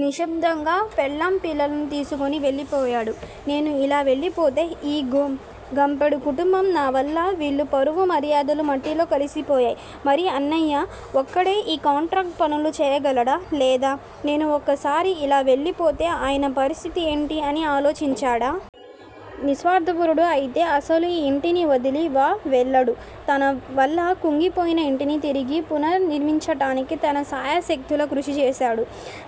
నిశ్శబ్దంగా పెళ్ళాం పిల్లలను తీసుకుని వెళ్ళిపోయాడు. నేను ఇలా వెళ్ళిపోతే ఈ గు గంపెడు కుటుంబం నా వల్ల వీళ్ళ పరువు మర్యాదలు మట్టిలో కలిసిపోయాయి, మరి అన్నయ్య ఒక్కడే ఈ కాంట్రాక్టు పనులు చేయగలడా? లేదా? నేను ఒకేసారిగా ఇలా వెళ్ళిపోతే అయన పరిస్థితి ఏంటి అని ఆలోచించాడా? నిస్వార్ధపరుడు అయితే అసలు ఈ ఇంటిని వదిలి వవెళ్ళడు. తన వల్ల కుంగిపోయిన ఇంటిని తిరిగి పునఃనిర్మించటానికి తన శాయశక్తులా కృషి చేసాడు.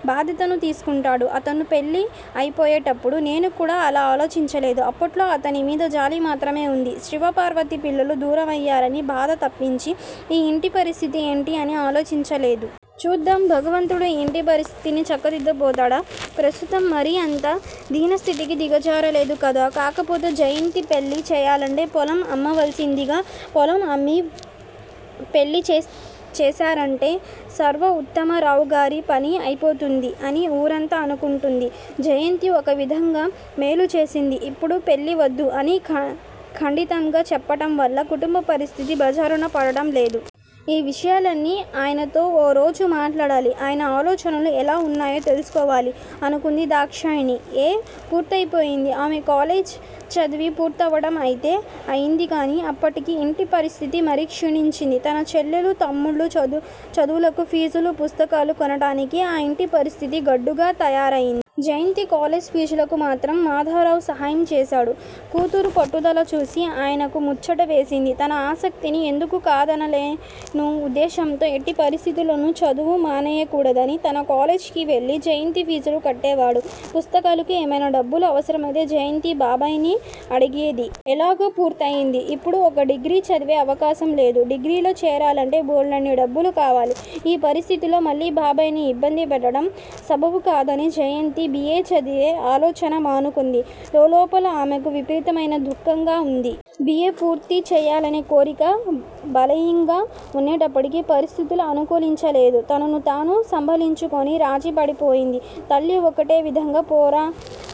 భాద్యతను తీసుకుంటాడు. అతను వెళ్ళిపోయేటప్పుడు నేను కూడా అలా ఆలోచించలేదు. అప్పట్లో అతని మీద జాలి మాత్రమే వుంది. శివపార్వతి పిల్లలు దూరమయ్యరనే బాధ తప్పించి ఈ ఇంటి పరిస్థితి ఏంటి అని ఆలోచించలేదు. చూద్దాం భగవంతుడు ఈ ఇంటి పరిస్థితిని చక్కదిద్దకపోతాడా? ప్రస్తుతం మరీ అంత ధీన్యస్థితికి దిగజారలేదు కదా? కాకపొతే జయంతి పెళ్ళి చేయాలంటే పొలం అమ్మవలసిందగా. పొలం అమ్మి పెళ్ళి చేశారంటే సర్వోత్తమరావుగారి పని అయిపోతుంది అని ఊరంతా అనుకుంటుంది. జయంతి ఒక విధంగా మేలేచేస్తుంది. ఇప్పుడే పెళ్ళి వద్దు అని ఖండితంగా చెప్పటంవల్ల కుటుంబపరిస్థితి బజారున పడటంలేదు. ఈ విషయాలన్నీ ఆయనతో ఓరోజు మాట్లాడాలి. అయన ఆలోచనలు ఎలా వున్నాయో తెలుసుకోవాలి అనుకుంది దాక్షాయణి. ఎ. పూర్తయిపోయింది. ఆమె కాలేజి చదువు పుర్తవటం అయితే అయింది, గానీ అప్పటికి ఇంటి పరిస్థితి మరీ క్షిణించింది, తన చెల్లెలు తమ్ముళ్ళు చదు చదువులకు ఫీజులు, పుస్తకాలు కొనటానికి ఆ ఇంటి పరిస్థితి గడ్డుగా తయారయి. జయంతి కాలేజి ఫీజులకు మాత్రం మాధవరావు సహాయం చేశాడు. కూతురు పట్టుదల చూసి ఆయనకు ముచ్చట వేసింది. తన ఆసక్తిని ఎందుకు కాదనలనే ఉద్దేశంతో ఎట్టి పరిస్థితిల్లోను చదువు మానేయకుడదని తనే కాలేజికి వెళ్ళి జయంతి ఫీజులు కట్టేవాడు. పుస్తకాలకు ఏమైనా డబ్బు అవసరమైతే జయంతి బాబాయ్ ని అడిగేది. ఎలాగో పూర్తయింది. ఇప్పుడు ఇక డిగ్రి చదివే అవకాశం లేదు. డిగ్రీలో చేరాలంటే బోల్డన్ని డబ్బులు కావాలి. ఈ పరిస్థితుల్లో మళ్ళీ బాబాయ్ ని ఇబ్బంది పెట్టడం సబబు కాదని జయంతి బి. ఎ. చదివే ఆలోచన మానుకుంది. లోలోపల ఆమెకు విపరీతమైన దుఃఖంగా వుంది. బి. ఎ. పూర్తిచేయాలనే కోరిక బలీయంగా వున్నప్పటికీ పరిస్థితులు అనుకూలించలేదు. తనను తాను సంభాళించుకుని రాజీపడిపోయింది. తల్లీ ఒకటే విధంగా పొర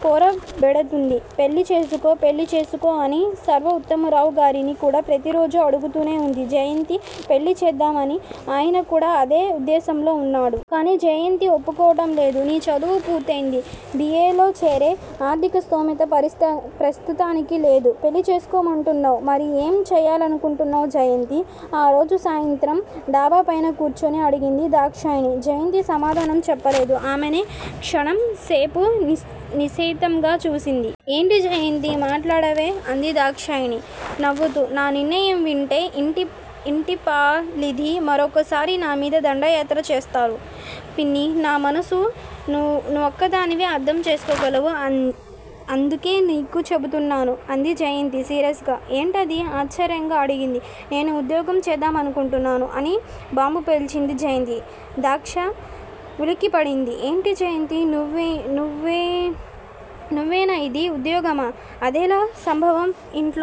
పోరుపెడుతుంది పెళ్ళి చేసుకో, పెళ్ళి చేసుకో అని, సర్వోత్తమరావుగారిని కూడా ప్రతిరోజూ అడుగుతూనే వుంది జయంతి పెళ్ళిచేద్దామని. అయన కూడా అదే వుద్దేశంలో వున్నాడు. కానీ జయంతి ఒప్పుకోవటంలేదు. నీ చదువు పూర్తయింది. బి. ఎ. లో చేరే ఆర్ధిక స్థోమత పారిస్ ప్రస్తుతానికి లేదు. పెళ్ళిచేసుకోనంటున్నావు మరి ఏం చేయాలనుకుంటున్నావు జయంతీ? ఆరోజు సాయంత్రం డాబాపైన కూర్చుని అడిగింది దాక్షాయణి. జయంతి సమాధానం చెప్పలేదు. ఆమెనే క్షణం సేపు నిస్ నిశితంగా చూసింది. ఏంటి జయంతీ! మాట్లాడవే అంది దాక్షాయణి నవ్వుతూ. నా నిర్ణయం వింటే ఇంటిల్లిపాదీ మరొకసారి నామీద దండయాత్ర చేస్తారు పిన్నీ! నా మనసు నువ్వొక్కదానివే అర్ధం చేసుకోగలవు. ఆన్ అందుకే నీకు చెపుతున్నాను. అంది జయంతి సీరియస్ గా. ఏంటది!? ఆశ్చర్యంగా అడిగింది. నేను ఉద్యోగం చేద్దామనుకుంటున్నాను అని బాంబు పేల్చింది జయంతి. దాక్షా ఉలిక్కిపడింది. ఏంటి జయంతీ! నువ్వే నువ్వనేది ఉద్యోగమా? అదెలా సంభవంవా? ఇంట్లో